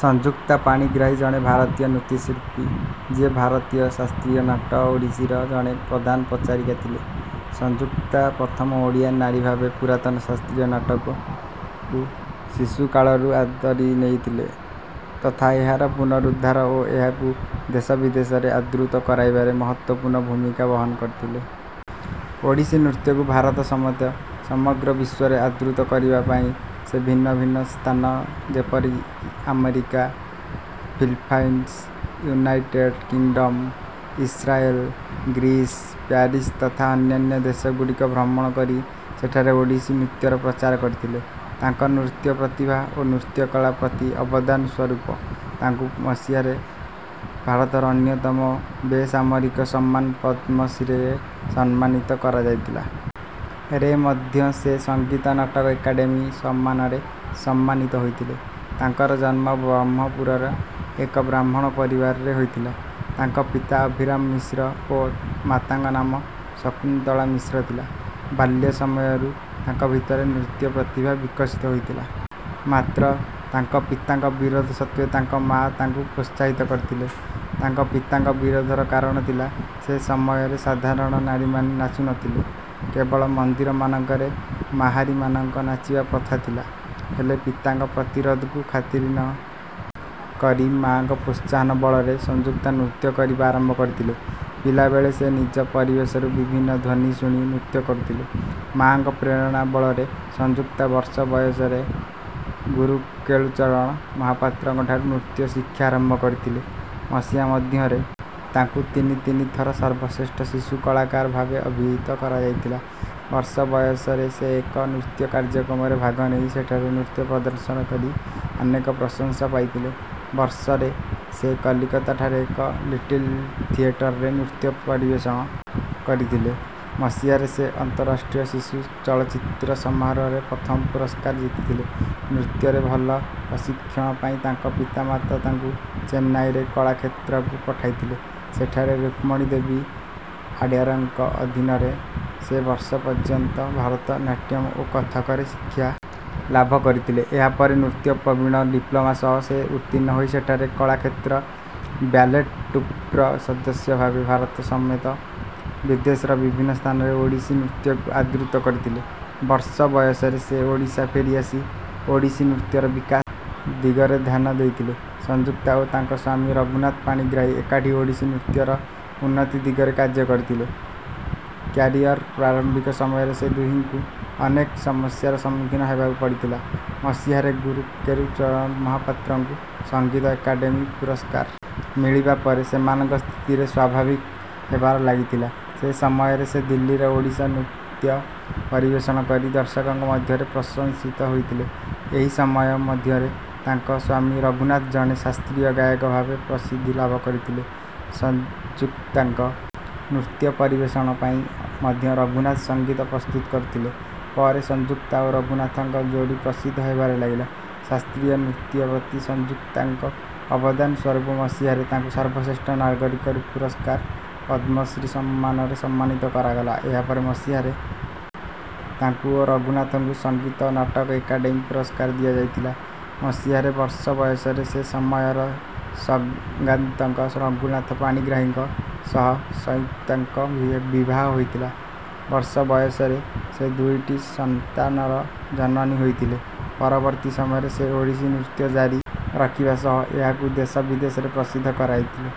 ସଂଯୁକ୍ତା ପାଣିଗ୍ରାହୀ ଜଣେ ଭାରତୀୟ ନୃତ୍ୟଶିଳ୍ପୀ, ଯିଏ ଭାରତୀୟ ଶାସ୍ତ୍ରୀୟ ନାଟ ଓଡ଼ିଶୀର ଜଣେ ପ୍ରଧାନ ପ୍ରଚାରିକା ଥିଲେ। ସଂଯୁକ୍ତା ପ୍ରଥମ ଓଡ଼ିଆ ନାରୀଭାବେ ପୁରାତନ ଶାସ୍ତ୍ରୀୟ ନାଟକୁ ଶିଶୁକାଳରୁ ଆଦରି ନେଇଥିଲେ ତଥା ଏହାର ପୁନରୁଦ୍ଧାର ଓ ଏହାକୁ ଦେଶବିଦେଶରେ ଆଦୃତ କରାଇବାରେ ମହତ୍ତ୍ୱପୂର୍ଣ୍ଣ ଭୂମିକା ବହନ କରିଥିଲେ। ଓଡ଼ିଶୀ ନୃତ୍ୟକୁ ଭାରତ ସମେତ ସମଗ୍ର ବିଶ୍ୱରେ ଆଦୃତ କରାଇବା ପାଇଁ ସେ ଭିନ୍ନ ଭିନ୍ନ ସ୍ଥାନ ଯେପରି America, Philippines, United Kingdom, Israel, Greece, Paris ତଥା ଅନ୍ୟାନ୍ୟ ଦେଶଗୁଡ଼ିକ ଭ୍ରମଣ କରି ସେଠାରେ ଓଡ଼ିଶୀ ନୃତ୍ୟର ପ୍ରଚାର କରିଥିଲେ ତାଙ୍କ ନୃତ୍ୟ ପ୍ରତିଭା ଓ ନୃତ୍ୟକଳା ପ୍ରତି ଅବଦାନ ସ୍ୱରୁପ ତାଙ୍କୁ ମସିହାରେ ଭାରତର ଅନ୍ୟତମ ବେସାମରିକ ସମ୍ମାନ ପଦ୍ମଶ୍ରୀରେ ସମ୍ମାନିତ କରାଯାଇଥିଲା। ରେ ମଧ୍ୟ ସେ ସଙ୍ଗୀତ ନାଟକ ଏକାଡେମୀ ସମ୍ମାନରେ ସମ୍ମାନିତ ହୋଇଥିଲେ। ତାଙ୍କର ଜନ୍ମ ବ୍ରହ୍ମପୁରର ଏକ ବ୍ରାହ୍ମଣ ପରିବାରରେ ହୋଇଥିଲା। ତାଙ୍କ ପିତା ଅଭିରାମ ମିଶ୍ର ଓ ମାତାଙ୍କ ନାମ ଶକୁନ୍ତଳା ମିଶ୍ର ଥିଲା। ବାଲ୍ୟ ସମୟରୁ ତାଙ୍କ ଭିତରେ ନୃତ୍ୟ ପ୍ରତିଭା ବିକଶିତ ହୋଇଥିଲା। ମାତ୍ର ତାଙ୍କ ପିତାଙ୍କ ବିରୋଧ ସତ୍ତ୍ୱେ ତାଙ୍କ ମା ତାଙ୍କୁ ପ୍ରୋତ୍ସାହିତ କରିଥିଲେ। ତାଙ୍କ ପିତାଙ୍କ ବିରୋଧର କାରଣ ଥିଲା, ସେ ସମୟରେ ସାଧାରଣ ନାରୀମାନେ ନାଚୁ ନଥିଲେ। କେବଳ ମନ୍ଦିରମାନଙ୍କରେ ମାହାରୀ ମାନଙ୍କ ନାଚିବା ପ୍ରଥା ଥିଲା। ହେଲେ ପିତାଙ୍କ ପ୍ରତିରୋଧକୁ ଖାତିର ନ କରି ମା'ଙ୍କ ପ୍ରୋତ୍ସାହନ ବଳରେ ସଂଯୁକ୍ତା ନୃତ୍ୟ କରିବା ଆରମ୍ଭ କରିଥିଲେ ପିଲାବେଳେ ସେ ନିଜ ପରିବେଶରୁ ବିଭିନ୍ନ ଧ୍ୱନୀ ଶୁଣି ନୃତ୍ୟ କରୁଥିଲେ ମା'ଙ୍କ ପ୍ରେରଣା ବଳରେ ସଂଯୁକ୍ତା ବର୍ଷ ବୟସରେ ଗୁରୁ କେଳୁଚରଣ ମହାପାତ୍ରଙ୍କଠାରୁ ନୃତ୍ୟ ଶିକ୍ଷା ଆରମ୍ଭ କରିଥିଲେ ମସିହା ମଧ୍ୟରେ ତାଙ୍କୁ ତିନି ତିନି ଥର ସର୍ବଶ୍ରେଷ୍ଠ ଶିଶୁ କଳାକାର ଭାବେ ଅଭିହୀତ କରାଯାଇଥିଲା ବର୍ଷ ବୟସରେ ସେ ଏକ ନୃତ୍ୟ କାର୍ଯ୍ୟକ୍ରମରେ ଭାଗ ନେଇ ସେଠାରେ ନୃତ୍ୟ ପ୍ରଦର୍ଶନ କରି ଅନେକ ପ୍ରଶଂସା ପାଇଥିଲେ ବର୍ଷରେ ସେ କଲିକତାଠାରେ ଏକ ଲିଟିଲ୍ ଥିଏଟରରେ ନୃତ୍ୟ ପରିବେଷଣ କରିଥିଲେ ମସିହାରେ ସେ ଅନ୍ତରାଷ୍ଟ୍ରୀୟ ଶିଶୁ ଚଳଚ୍ଚିତ୍ର ସମାରୋହରେ ପ୍ରଥମ ପୁରସ୍କାର ଜିତିଥିଲେ ନୃତ୍ୟରେ ଭଲ ପ୍ରଶିଁକ୍ଷଣ ପାଇଁ ତାଙ୍କ ପିତା-ମାତା ତାଙ୍କୁ ଚେନ୍ନାଇରେ କଳାକ୍ଷତ୍ରକୁ ପଠାଇଥିଲେ ସେଠାରେ ରୁକ୍ମଣୀ ଦେବୀ ଆଡ୍ୟାରଙ୍କ ଅଧିନରେ ସେ ବର୍ଷ ପର୍ଯ୍ୟନ୍ତ ଭାରତ ନାଟ୍ୟମ୍ ଓ କଥକରେ ଶିକ୍ଷା ଲାଭ କରିଥିଲେ ଏହାପରେ ନୃତ୍ୟ ପ୍ରବିଣ ଡିପ୍ଲୋମା ସହ ସେ ଉର୍ତ୍ତୀଣ୍ଣ ହୋଇ ସେଠାରେ କଳାକ୍ଷେତ୍ର ବ୍ୟାଲେଟ୍ ଟ୍ରୁପ୍ର ସଦସ୍ୟ ଭାବେ ଭାରତ ସମେତ ବିଦେଶର ବିଭିନ୍ନ ସ୍ଥାନରେ ଓଡ଼ିଶୀ ନୃତ୍ୟକୁ ଆଦୃତ କରିଥିଲେ ବର୍ଷ ବୟସରେ ସେ ଓଡ଼ିଶା ଫେରିଆସି ଓଡ଼ିଶୀ ନୃତ୍ୟର ବିକାଶ ଦିଗରେ ଧ୍ୟାନ ଦେଇଥିଲେ ସଂଯୁକ୍ତା ଓ ତାଙ୍କ ସ୍ୱାମୀ ରଘୁନାଥ ପାଣିଗ୍ରାହୀ ଏକାଠି ଓଡ଼ିଶୀ ନୃତ୍ୟର ଉନ୍ନତି ଦିଗରେ କାର୍ଯ କରିଥିଲେ କ୍ୟାରିଅର୍ର ପ୍ରାରମ୍ଭିକ ସମୟରେ ସେ ଦୁହିଁଙ୍କୁ ଅନେକ ସମସ୍ୟାର ସମ୍ମୁଖୀନ ହେବାକୁ ପଡିଥିଲା ମସିହାରେ ଗୁରୁ କେଳୁଚରଣ ମହାପାତ୍ରଙ୍କୁ ସଂଗୀତ ଏକାଡେମୀ ପୁରସ୍କାର ମିଳିବା ପରେ ସେମାନଙ୍କ ସ୍ଥିତିରେ ସ୍ୱାଭାବିକ ହେବାରେ ଲାଗିଥିଲା ସେ ସମୟରେ ସେ ଦିଲ୍ଲୀରେ ଓଡ଼ିଶୀ ନୃତ୍ୟ ପରିବେଷଣ କରି ଦର୍ଶକଙ୍କ ମଧ୍ୟରେ ପ୍ରଂଶସିତ ହୋଇଥିଲେ ଏହି ସମୟ ମଧ୍ୟରେ ତାଙ୍କ ସ୍ୱାମୀ ରଘୁନାଥ ଜଣେ ଶାସ୍ତ୍ରୀୟ ଗାୟକ ଭାବେ ପ୍ରସିଦ୍ଧି ଲାଭ କରିଥିଲେ ସଂଯୁକ୍ତାଙ୍କ ନୃତ୍ୟ ପରିବେଷଣ ପାଇଁ ମଧ୍ୟ ରଘୁନାଥ ସଙ୍ଗୀତ ପ୍ରସ୍ତୁତ କରୁଥିଲେ ପରେ ସଂଯୁକ୍ତା ଓ ରଘୁନାଥଙ୍କ ଯୋଡି ପ୍ରସିଦ୍ଧ ହେବାରେ ଲାଗିଲା ଶାସ୍ତ୍ରୀୟ ନୃତ୍ୟ ପ୍ରତି ସଂଯୁକ୍ତାଙ୍କ ଅବଦାନ ସ୍ୱରୂପ ମସିହାରେ ତାଙ୍କୁ ସର୍ବଶ୍ରେଷ୍ଠ ନାଗରିକ ପୁରସ୍କାର, ପଦ୍ମଶ୍ରୀ ସମ୍ମାନରେ ସମ୍ମାନିତ କରାଗଲା ଏହାପରେ ମସିହାରେ ତାଙ୍କୁ ଓ ରଘୁନାଥଙ୍କୁ ସଙ୍ଗୀତ ନାଟକ ଏକାଡେମୀ ପୁରସ୍କାର ଦିଆଯାଇଥିଲା ମସିହାରେ ବର୍ଷ ବୟସରେ ସେ ସମୟର ସଙ୍ଗାତଜ୍ଞ ରଘୁନାଥ ପାଣିଗ୍ରାହୀଙ୍କ ସହ ସଂୟୁକ୍ତାଙ୍କ ବିବାହ ହୋଇଥିଲା ବର୍ଷ ବୟସରେ ସେ ଦୁଇଟି ସନ୍ତାନର ଜନନୀ ହୋଇଥିଲେ ପରବର୍ତ୍ତୀ ସମୟରେ ସେ ଓଡ଼ିଶୀ ନୃତ୍ୟ ଜାରି ରଖିବା ସହ ଏହାକୁ ଦେଶ ବିଦେଶରେ ପ୍ରସିଦ୍ଧ କରାଥିଲେ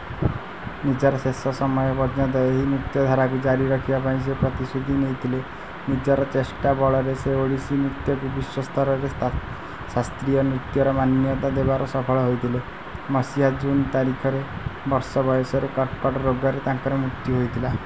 ନିଜର ଶେଷ ସମୟ ପର୍ଯ୍ୟନ୍ତ ଏହି ନୃତ୍ୟଧାରାକୁ ଜାରି ରଖିବା ପାଇଁ ସେ ପ୍ରତିଶ୍ରୁତି ନେଇଥିଲେ ନିଜର ଚେଷ୍ଟା ବଳରେ ସେ ଓଡ଼ିଶୀ ନୃତ୍ୟକୁ ବିଶ୍ୱସ୍ତରରେ ଶାସ୍ତ୍ରୀୟ ନୃତ୍ୟର ମାନ୍ୟତା ଦେବାରେ ସଫଳ ହୋଇଥିଲେ ମସିହା ଜୁନ୍ ତାରିଖରେ ବର୍ଷ ବୟସରେ କର୍କଟ ରୋଗରେ ତାଙ୍କର ମୃତ୍ୟୁ ହୋଇଥିଲା।